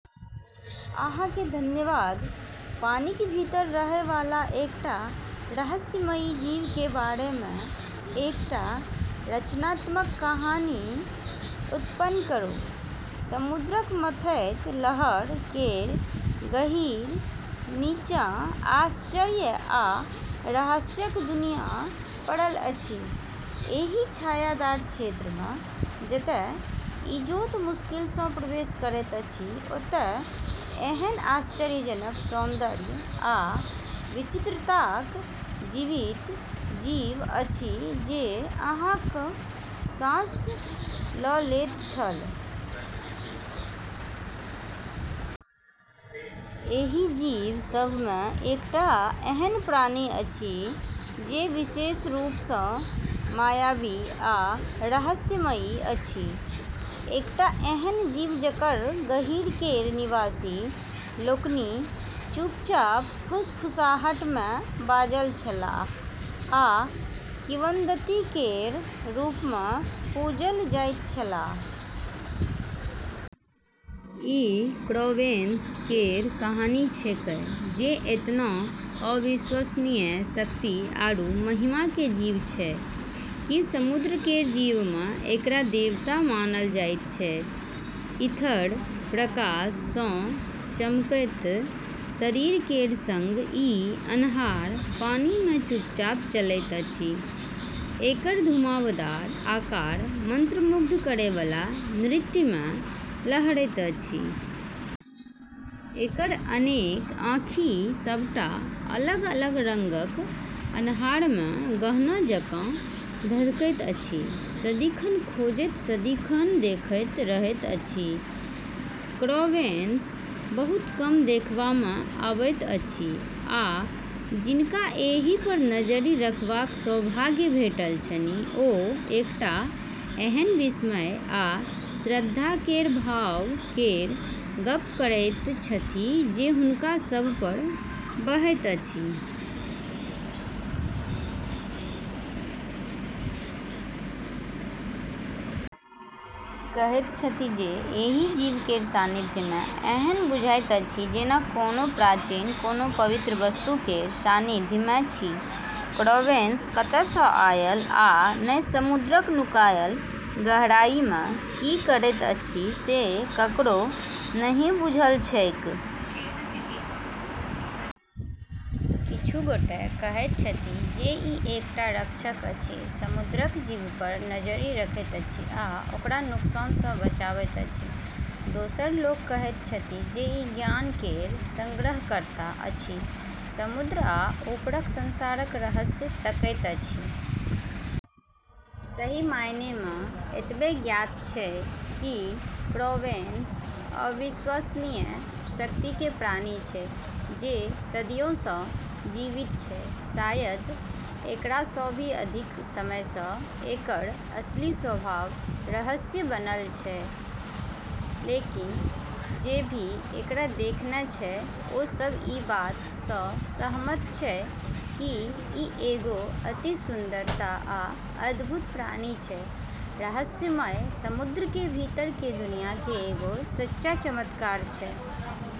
अहाँ केँ धन्यवाद। पानिक भीतर रहय वाला एकटा रहस्यमयी जीव के बारे मे एकटा रचनात्मक कहानी उत्पन्न करू। समुद्रक मथैत लहर केर गहींर नीचाँ आश्चर्य आ रहस्यक दुनिया पड़ल अछि। एहि छायादार क्षेत्र मे जतय इजोत मुश्किल सँ प्रवेश करैत अछि, ओतय एहन आश्चर्यजनक सौन्दर्य आ विचित्रताक जीवित जीव अछि जे अहाँक साँस ल' लैत छल। एहि जीव सभ मे एकटा एहन प्राणी अछि जे विशेष रूप सँ मायावी आ रहस्यमयी अछि। एकटा एहन जीव जकर गहींर केर निवासी लोकनि चुपचाप फुसफुसाहट मे बाजल छलाह, आ किंवदंती केर रूप मे पूजल जाइत छलाह। ई क्रावेनस केर कहानी छेकै, जे एतना अविश्वसनीय शक्ति आरू महिमा के जीव छै कि समुद्र केर जीव मे एकरा देवता मानल जाइत छै। ईथर प्रकाश सँ चमकैत शरीर केर संग ई अन्हार पानि मे चुपचाप चलैत अछि, एकर घुमावदार आकार मंत्रमुग्ध करै बला नृत्य मे लहरैत अछि। एकर अनेक आँखि, सबटा अलग-अलग रंगक, अन्हार मे गहना जकाँ धधकैत अछि, सदिखन खोजैत, सदिखन देखैत रहैत अछि। क्रावेनस बहुत कम देखबा मे अबैत अछि, आ जिनका एहि पर नजरि रखबाक सौभाग्य भेटल छनि, ओ एकटा एहन विस्मय आ श्रद्धा केर भाव केर गप्प करैत छथि जे हुनका सभ पर बहैत अछि। कहैत छथि जे एहि जीव केर सान्निध्य मे एहन बुझाइत अछि जेना कोनो प्राचीन, कोनो पवित्र वस्तु केर सान्निध्य मे छी। क्रावेनस कतय सँ आयल, आ ने समुद्रक नुकायल गहराई मे की करैत अछि से ककरो नहि बुझल छैक। किछु गोटे कहैत छथि जे ई एकटा रक्षक अछि, समुद्रक जीव पर नजरि रखैत अछि आ ओकरा नुकसान सँ बचाबैत अछि। दोसर लोक कहैत छथि जे ई ज्ञान केर संग्रहकर्ता अछि, समुद्र आ ऊपरक संसारक रहस्य तकैत अछि। सही मायने मे एतबे ज्ञात छै कि क्रावेनस अविश्वसनीय शक्ति के प्राणी छै, जे सदियो सँ जीवित छै, शायद एकरा सँ भी अधिक समय सँ। एकर असली स्वभाव रहस्य बनल छै, लेकिन जे भी एकरा देखने छै, ओ सब ई बात सँ सहमत छै कि ई एगो अति सुंदरता आ अद्भुत प्राणी छै, रहस्यमय समुद्र के भीतर के दुनिया के एगो सच्चा चमत्कार छै।